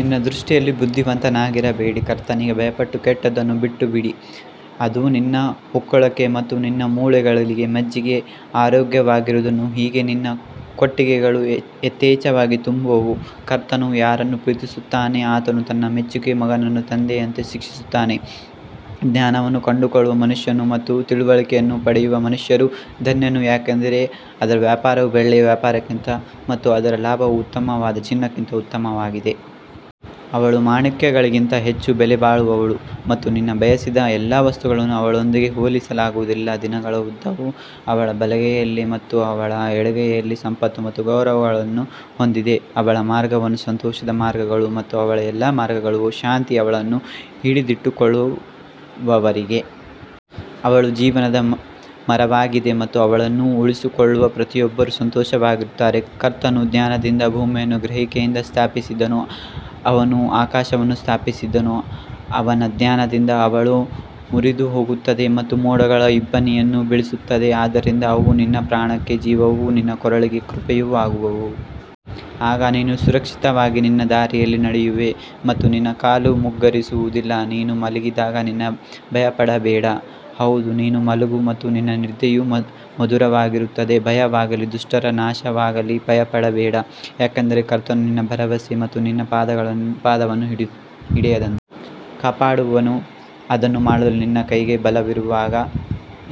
ನಿನ್ನ ದೃಷ್ಟಿಯಲ್ಲಿ ಬುದ್ಧಿವಂತನಾಗಿರಬೇಡ, ಕರ್ತನಿಗೆ ಭಯಪಟ್ಟು ಕೆಟ್ಟದ್ದನ್ನು ಬಿಟ್ಟುಬಿಡು ಅದು ನಿನ್ನ ಹೊಕ್ಕುಳಕ್ಕೆ ಮತ್ತು ನಿನ್ನ ಮೂಳೆಗಳಿಗೆ ಮಜ್ಜೆಗೆ ಆರೋಗ್ಯವಾಗಿರುವುದು ಹೀಗೆ ನಿನ್ನ ಕೊಟ್ಟಿಗೆಗಳು ಯಥೇಚ್ಛವಾಗಿ ತುಂಬುವವು ಕರ್ತನು ಯಾರನ್ನು ಪ್ರೀತಿಸುತ್ತಾನೋ ಆತನು ತಾನು ಮೆಚ್ಚುವ ಮಗನನ್ನು ತಂದೆಯಂತೆ ಶಿಕ್ಷಿಸುತ್ತಾನೆ ಜ್ಞಾನವನ್ನು ಕಂಡುಕೊಳ್ಳುವ ಮನುಷ್ಯನು ಮತ್ತು ತಿಳುವಳಿಕೆಯನ್ನು ಪಡೆಯುವ ಮನುಷ್ಯನು ಧನ್ಯನು ಯಾಕಂದರೆ ಅದರ ವ್ಯಾಪಾರವು ಬೆಳ್ಳಿಯ ವ್ಯಾಪಾರಕ್ಕಿಂತ ಮತ್ತು ಅದರ ಲಾಭವು ಉತ್ತಮವಾದ ಚಿನ್ನಕ್ಕಿಂತ ಉತ್ತಮವಾಗಿದೆ. ಅವಳು ಮಾಣಿಕ್ಯಗಳಿಗಿಂತ ಹೆಚ್ಚು ಬೆಲೆಬಾಳುವವಳು ಮತ್ತು ನೀನು ಬಯಸಿದ ಎಲ್ಲಾ ವಸ್ತುಗಳನ್ನು ಅವಳೊಂದಿಗೆ ಹೋಲಿಸಲಾಗುವುದಿಲ್ಲ ದಿನಗಳ ಉದ್ದವು ಅವಳ ಬಲಗೈಯಲ್ಲಿ ಮತ್ತು ಅವಳ ಎಡಗೈಯಲ್ಲಿ ಸಂಪತ್ತು ಮತ್ತು ಗೌರವವನ್ನು ಹೊಂದಿದೆ ಅವಳ ಮಾರ್ಗಗಳು ಸಂತೋಷದ ಮಾರ್ಗಗಳು ಮತ್ತು ಅವಳ ಎಲ್ಲಾ ಮಾರ್ಗಗಳು ಶಾಂತಿ ಅವಳನ್ನು ಹಿಡಿದಿಟ್ಟುಕೊಳ್ಳುವವರಿಗೆ ಅವಳು ಜೀವನದ ಮರವಾಗಿದೆ ಮತ್ತು ಅವಳನ್ನು ಉಳಿಸಿಕೊಳ್ಳುವ ಪ್ರತಿಯೊಬ್ಬರೂ ಸಂತೋಷವಾಗಿರುತ್ತಾರೆ ಕರ್ತನು ಜ್ಞಾನದಿಂದ ಭೂಮಿಯನ್ನು ಗ್ರಹಿಕೆಯಿಂದ ಸ್ಥಾಪಿಸಿದನು, ಅವನು ಆಕಾಶವನ್ನು ಸ್ಥಾಪಿಸಿದನು ಅವನ ಜ್ಞಾನದಿಂದ ಆಳವು ಮುರಿದುಹೋಗುತ್ತದೆ ಮತ್ತು ಮೋಡಗಳು ಇಬ್ಬನಿಯನ್ನು ಬೀಳಿಸುತ್ತವೆ ಆದ್ದರಿಂದ ಅವು ನಿನ್ನ ಪ್ರಾಣಕ್ಕೆ ಜೀವವೂ ನಿನ್ನ ಕೊರಳಿಗೆ ಕೃಪೆಯೂ ಆಗುವವು ಆಗ ನೀನು ಸುರಕ್ಷಿತವಾಗಿ ನಿನ್ನ ದಾರಿಯಲ್ಲಿ ನಡೆಯುವೆ ಮತ್ತು ನಿನ್ನ ಕಾಲು ಮುಗ್ಗರಿಸುವುದಿಲ್ಲ ನೀನು ಮಲಗಿದಾಗ ನೀನು ಭಯಪಡಬೇಡ ಹೌದು ನೀನು ಮಲಗು ಮತ್ತು ನಿನ್ನ ನಿದ್ರೆಯು ಮಧುರವಾಗಿರುತ್ತದೆ ಭಯವಾಗಲಿ ದುಷ್ಟರ ನಾಶವಾಗಲಿ ಭಯಪಡಬೇಡ ಯಾಕಂದರೆ ಕರ್ತನು ನಿನ್ನ ಭರವಸೆ ಮತ್ತು ನಿನ್ನ ಪಾದವನ್ನು ಹಿಡಿಯದಂತೆ ಕಾಪಾಡುವನು ಅದನ್ನು ಮಾಡಲು ನಿನ್ನ ಕೈಗೆ ಬಲವಿರುವಾಗ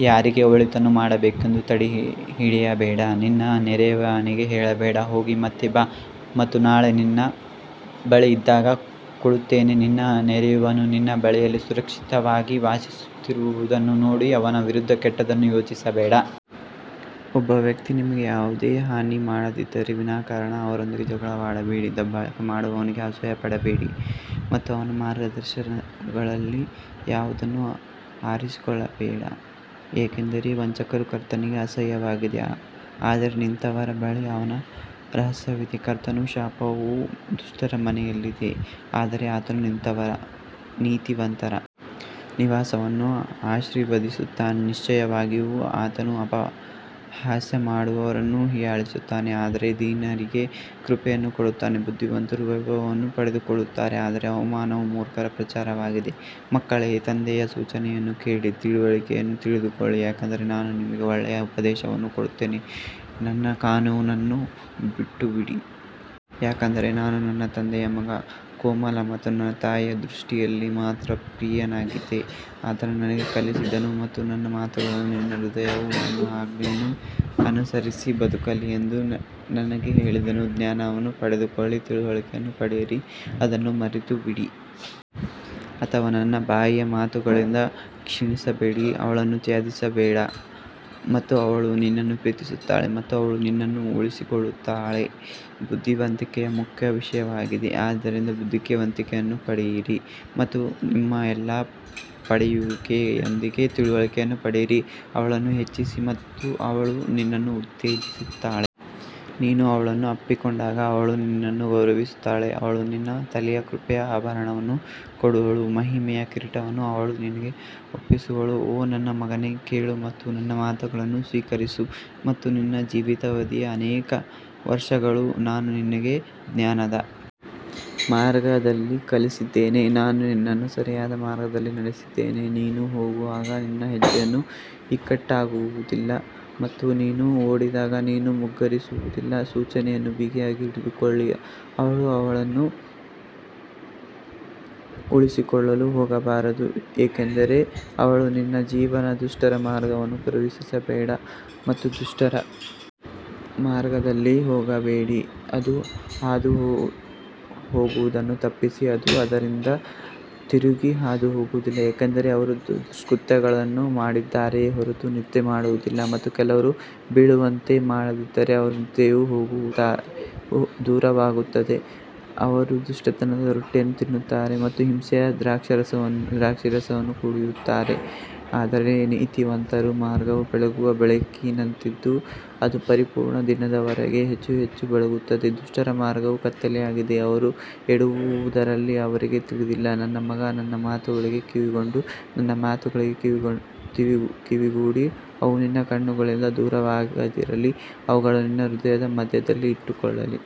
ಯಾರಿಗೆ ಒಳಿತನ್ನು ಮಾಡಬೇಕೆಂದು ತಡೆಹಿಡಿಯಬೇಡ ನಿನ್ನ ನೆರೆಯವನಿಗೆ ಹೇಳಬೇಡ ಹೋಗಿ ಮತ್ತೆ ಬಾ ಮತ್ತು ನಾಳೆ ನಿನ್ನ ಬಳಿ ಇದ್ದಾಗ ಕೊಡುತ್ತೇನೆ ನಿನ್ನ ನೆರೆಯವನು ನಿನ್ನ ಬಳಿಯಲ್ಲಿ ಸುರಕ್ಷಿತವಾಗಿ ವಾಸಿಸುತ್ತಿರುವುದನ್ನು ನೋಡಿ ಅವನ ವಿರುದ್ಧ ಕೆಟ್ಟದ್ದನ್ನು ಯೋಚಿಸಬೇಡ ಒಬ್ಬ ವ್ಯಕ್ತಿ ನಿಮಗೆ ಯಾವುದೇ ಹಾನಿ ಮಾಡದಿದ್ದರೆ ವಿನಾಕಾರಣ ಅವರೊಂದಿಗೆ ಜಗಳವಾಡಬೇಡಿ ದಬ್ಬಾಳಿಕೆ ಮಾಡುವವನಿಗೆ ಅಸೂಯೆಪಡಬೇಡ ಮತ್ತು ಅವನ ಮಾರ್ಗಗಳಲ್ಲಿ ಯಾವುದನ್ನೂ ಆರಿಸಿಕೊಳ್ಳಬೇಡ ಯಾಕಂದರೆ ವಂಚಕನು ಕರ್ತನಿಗೆ ಅಸಹ್ಯವಾಗಿದೆ ಆದರೆ ನೀತಿವಂತರ ಬಳಿ ಅವನ ರಹಸ್ಯವಿದೆ ಕರ್ತನ ಶಾಪವು ದುಷ್ಟರ ಮನೆಯಲ್ಲಿದೆ ಆದರೆ ಆತನು ನೀತಿವಂತರ ನಿವಾಸವನ್ನು ಆಶೀರ್ವದಿಸುತ್ತಾನೆ ನಿಶ್ಚಯವಾಗಿಯೂ ಆತನು ಅಪಹಾಸ್ಯ ಮಾಡುವವರನ್ನು ಹೀಯಾಳಿಸುತ್ತಾನೆ ಆದರೆ ದೀನರಿಗೆ ಕೃಪೆಯನ್ನು ಕೊಡುತ್ತಾನೆ ಬುದ್ಧಿವಂತರು ವೈಭವವನ್ನು ಪಡೆದುಕೊಳ್ಳುತ್ತಾರೆ ಆದರೆ ಅವಮಾನವು ಮೂರ್ಖರ ಪ್ರಚಾರವಾಗಿದೆ ಮಕ್ಕಳೇ ತಂದೆಯ ಸೂಚನೆಯನ್ನು ಕೇಳಿ ತಿಳುವಳಿಕೆಯನ್ನು ತಿಳಿದುಕೊಳ್ಳಿ ಯಾಕಂದರೆ ನಾನು ನಿಮಗೆ ಒಳ್ಳೆಯ ಉಪದೇಶವನ್ನು ಕೊಡುತ್ತೇನೆ ನನ್ನ ಕಾನೂನನ್ನು ಬಿಟ್ಟುಬಿಡಿ ಯಾಕಂದರೆ ನಾನು ನನ್ನ ತಂದೆಯ ಮಗ ಕೋಮಲ ಮತ್ತು ನನ್ನ ತಾಯಿಯ ದೃಷ್ಟಿಯಲ್ಲಿ ಮಾತ್ರ ಪ್ರಿಯನಾಗಿದ್ದೆ ಆತನು ನನಗೆ ಕಲಿಸಿದನು ಮತ್ತು ನನ್ನ ಮಾತುಗಳನ್ನು ನಿನ್ನ ಹೃದಯವು ನನ್ನ ಆಜ್ಞೆಗಳನ್ನು ಅನುಸರಿಸಿ ಬದುಕಲಿ ಎಂದು ನನಗೆ ಹೇಳಿದನು ಜ್ಞಾನವನ್ನು ಪಡೆದುಕೊಳ್ಳಿ ತಿಳುವಳಿಕೆಯನ್ನು ಪಡೆಯಿರಿ ಅದನ್ನು ಮರೆತುಬಿಡಿ ಅಥವಾ ನನ್ನ ಬಾಯಿಯ ಮಾತುಗಳಿಂದ ಕ್ಷೀಣಿಸಬೇಡಿ ಅವಳನ್ನು ತ್ಯಜಿಸಬೇಡ ಮತ್ತು ಅವಳು ನಿನ್ನನ್ನು ಪ್ರೀತಿಸುತ್ತಾಳೆ ಮತ್ತು ಅವಳು ನಿನ್ನನ್ನು ಉಳಿಸಿಕೊಳ್ಳುತ್ತಾಳೆ ಬುದ್ಧಿವಂತಿಕೆಯು ಮುಖ್ಯ ವಿಷಯವಾಗಿದೆ, ಆದ್ದರಿಂದ ಬುದ್ಧಿವಂತಿಕೆಯನ್ನು ಪಡೆಯಿರಿ ಮತ್ತು ನಿಮ್ಮ ಎಲ್ಲಾ ಪಡೆಯುವಿಕೆಯೊಂದಿಗೆ ತಿಳುವಳಿಕೆಯನ್ನು ಪಡೆಯಿರಿ ಅವಳನ್ನು ಹೆಚ್ಚಿಸಿ ಮತ್ತು ಅವಳು ನಿನ್ನನ್ನು ಉತ್ತೇಜಿಸುತ್ತಾಳೆ, ನೀನು ಅವಳನ್ನು ಅಪ್ಪಿಕೊಂಡಾಗ ಅವಳು ನಿನ್ನನ್ನು ಗೌರವಿಸುತ್ತಾಳೆ ಅವಳು ನಿನ್ನ ತಲೆಗೆ ಕೃಪೆಯ ಆಭರಣವನ್ನು ಕೊಡುವಳು, ಮಹಿಮೆಯ ಕಿರೀಟವನ್ನು ಅವಳು ನಿನಗೆ ಒಪ್ಪಿಸುವಳು ಓ ನನ್ನ ಮಗನೇ ಕೇಳು ಮತ್ತು ನನ್ನ ಮಾತುಗಳನ್ನು ಸ್ವೀಕರಿಸು ಮತ್ತು ನಿನ್ನ ಜೀವಿತಾವಧಿಯು ಅನೇಕ ವರ್ಷಗಳು ನಾನು ನಿನಗೆ ಜ್ಞಾನದ ಮಾರ್ಗದಲ್ಲಿ ಕಲಿಸಿದ್ದೇನೆ, ನಾನು ನಿನ್ನನ್ನು ಸರಿಯಾದ ಮಾರ್ಗದಲ್ಲಿ ನಡೆಸಿದ್ದೇನೆ ನೀನು ಹೋಗುವಾಗ ನಿನ್ನ ಹೆಜ್ಜೆಗಳು ಇಕ್ಕಟ್ಟಾಗುವುದಿಲ್ಲ ಮತ್ತು ನೀನು ಓಡಿದಾಗ ನೀನು ಮುಗ್ಗರಿಸುವುದಿಲ್ಲ ಸೂಚನೆಯನ್ನು ಬಿಗಿಯಾಗಿ ಹಿಡಿದುಕೊಳ್ಳಿ, ಅವಳು ಅವಳನ್ನು ಉಳಿಸಿಕೊಳ್ಳಲು ಹೋಗಬಾರದು ಏಕೆಂದರೆ ಅವಳು ನಿನ್ನ ಜೀವನ ದುಷ್ಟರ ಮಾರ್ಗವನ್ನು ಪ್ರವೇಶಿಸಬೇಡಿ ಮತ್ತು ದುಷ್ಟರ ಮಾರ್ಗದಲ್ಲಿ ಹೋಗಬೇಡಿ ಅದು ಹಾದುಹೋಗುವುದನ್ನು ತಪ್ಪಿಸಿ ಅದು ಅದರಿಂದ ತಿರುಗಿ ಹಾದುಹೋಗುವುದಿಲ್ಲ ಯಾಕಂದರೆ ಅವರು ದುಷ್ಕೃತ್ಯಗಳನ್ನು ಮಾಡಿದ್ದಾರೆಯೇ ಹೊರತು ನಿದ್ರೆ ಮಾಡುವುದಿಲ್ಲ ಮತ್ತು ಕೆಲವರು ಬೀಳುವಂತೆ ಮಾಡದಿದ್ದರೆ ಅವರ ನಿದ್ರೆಯು ದೂರವಾಗುತ್ತದೆ ಅವರು ದುಷ್ಟತನದ ರೊಟ್ಟಿಯನ್ನು ತಿನ್ನುತ್ತಾರೆ ಮತ್ತು ಹಿಂಸೆಯ ದ್ರಾಕ್ಷಾರಸವನ್ನು ಕುಡಿಯುತ್ತಾರೆ ಆದರೆ ನೀತಿವಂತರ ಮಾರ್ಗವು ಬೆಳಗುವ ಬೆಳಕಿನಂತಿದ್ದು ಅದು ಪರಿಪೂರ್ಣ ದಿನದವರೆಗೆ ಹೆಚ್ಚು ಹೆಚ್ಚು ಬೆಳಗುತ್ತದೆ ದುಷ್ಟರ ಮಾರ್ಗವು ಕತ್ತಲೆಯಾಗಿದೆ, ಅವರು ಎಡವುವುದರಲ್ಲಿ ಅವರಿಗೆ ತಿಳಿದಿಲ್ಲ ನನ್ನ ಮಗ ನನ್ನ ಮಾತುಗಳಿಗೆ ಕಿವಿಗೊಡು, ನನ್ನ ಮಾತುಗಳಿಗೆ ಕಿವಿಗೊಡು ಅವು ನಿನ್ನ ಕಣ್ಣುಗಳಿಂದ ದೂರವಾಗದಿರಲಿ, ಅವುಗಳನ್ನು ನಿನ್ನ ಹೃದಯದ ಮಧ್ಯದಲ್ಲಿ ಇಟ್ಟುಕೊಳ್ಳಲಿ.